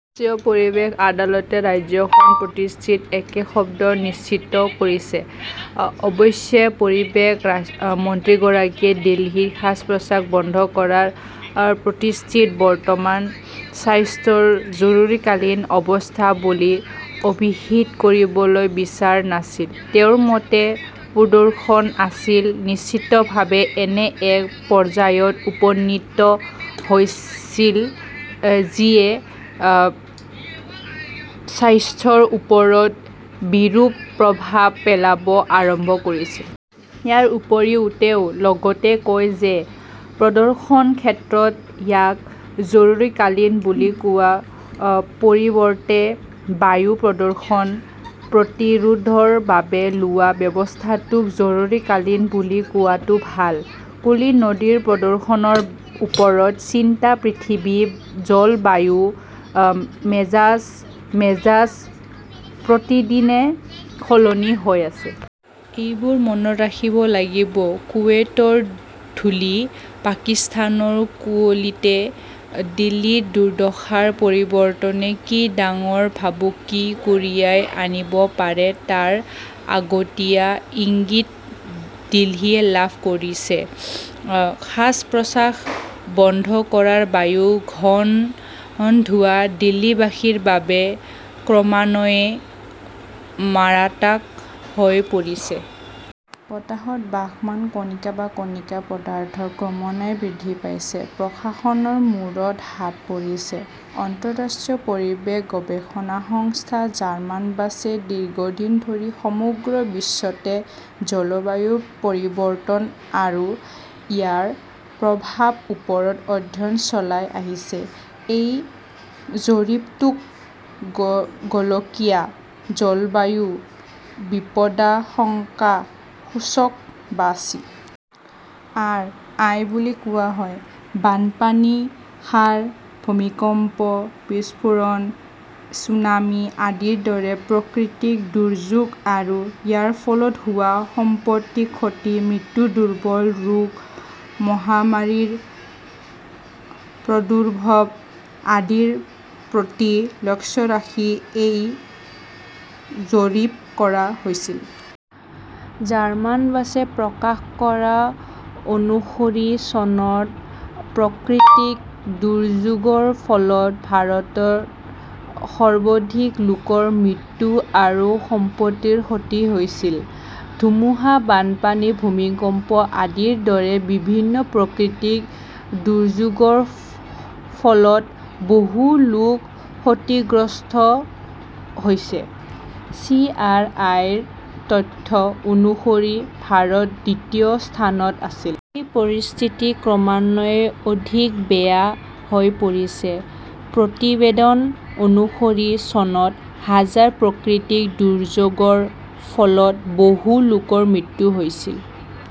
ৰাষ্ট্ৰীয় পৰিৱেশ আদালতে ৰাজ্যখনৰ পতিস্থিতিক একে শব্দত চিহ্নিত কৰিছে। অৱশ্যে, পৰিৱেশ মন্ত্ৰীগৰাকীয়ে দিল্লীৰ শ্বাস-প্ৰশ্বাস বন্ধ কৰা পতিস্থিতিক বৰ্তমানৰ 'স্বাস্থ্য জৰুৰীকালীন অৱস্থা বুলি অভিহিত কৰিবলৈ বিচৰা নাছিল। তেওঁৰ মতে, প্ৰদূষণ আছিল, নিশ্চিতভাৱে এনে এক পৰ্যায়ত উপনীত হৈছিল যিয়ে স্বাস্থ্যৰ ওপৰত বিৰূপ প্ৰভাৱ পেলাব আৰম্ভ কৰিছিল। ইয়াৰ উপৰিও, তেওঁ লগতে কয় যে প্ৰদূষণৰ ক্ষেত্ৰত ইয়াক জৰুৰীকালীন বুলি কোৱাৰ পৰিৱৰ্তে বায়ু প্ৰদষণ প্ৰতিৰোধৰ বাবে লোৱা ব্যৱস্থাটোক জৰুৰীকালীন বুলি কোৱাটো ভাল। কুলি নদীৰ প্ৰদূষণৰ ওপৰত চিন্তা পৃথিৱীৰ জলবায়ুৰ মেজাজ, মেজাজ প্ৰতিদিনে সলনি হৈ আছে। এইবোৰ মনত ৰাখিব লাগিব, কুৱেইটৰ ধূলি, পাকিস্তানৰ কুঁৱলীতে দিল্লীৰ দুৰ্দশাৰ পৰিৱৰ্তনে কি ডাঙৰ ভাবুকি কঢ়িয়াই আনিব পাৰে তাৰ আগতীয়া ইংগিত দিল্লীয়ে লাভ কৰিছে। শ্বাস-প্ৰশ্বাস বন্ধ কৰা বায়ু, ঘন ধোঁৱা দিল্লীবাসীৰ বাবে ক্ৰমান্বয়ে মাৰাতাক হৈ পৰিছে। বতাহত বাসমান কণিকা বা কণিকা পদাৰ্থ ক্ৰমান্বয়ে বৃদ্ধি পাইছে। প্ৰশাসনৰ মূৰত হাত পৰিছে। অন্তঃৰাষ্ট্ৰীয় পৰিৱেশ গৱেষণা সংস্থা জাৰ্মানবাচে দীৰ্ঘদিন ধৰি সমগ্ৰ বিশ্বতে জলবায়ু পৰিৱৰ্তন আৰু ইয়াৰ প্ৰভাৱৰ ওপৰত অধ্যয়ন চলাই আহিছে। এই জৰীপটোক গলকীয় জলবায়ু বিপদাশংকা সূচক বা চি. আৰ. আই. বুলি কোৱা হয়। বানপানী, ক্ষাৰ, ভূমিকম্প, বিস্ফোৰণ, ছুনামি আদিৰ দৰে প্ৰকৃতিক দুৰ্যোগ আৰু ইয়াৰ ফলত হোৱা সম্পত্তিৰ ক্ষতি, মৃত্যু, দুৰ্বল ৰোগ, মহামাৰীৰ প্ৰদুৰ্ভৱ আদিৰ প্ৰতি লক্ষ্য ৰাখি এই জৰীপ কৰা হৈছিল। জাৰ্মানবাচে প্ৰকাশ কৰা অনুসৰি, চনত প্ৰকৃতিক দুৰ্যোগৰ ফলত ভাৰতত সৰ্বধিক লোকৰ মৃত্যু আৰু সম্পত্তিৰ ক্ষতি হৈছিল। ধুমুহা, বানপানী, ভূমিকম্প আদিৰ দৰে বিভিন্ন প্ৰকৃতিক দুৰ্যোগৰ ফলত বহু লোক ক্ষতিগ্ৰস্ত হৈছে। চি. আৰ. আই. -ৰ তথ্য অনুসৰি ভাৰত দ্বিতীয় স্থানত আছিল। সেই পৰিস্থিতি ক্ৰমান্বয়ে অধিক বেয়া হৈ পৰিছে। প্ৰতিবেদন অনুসৰি, চনত হাজাৰ প্ৰকৃতিক দুৰ্যোগৰ ফলত বহু লোকৰ মৃত্যু হৈছিল।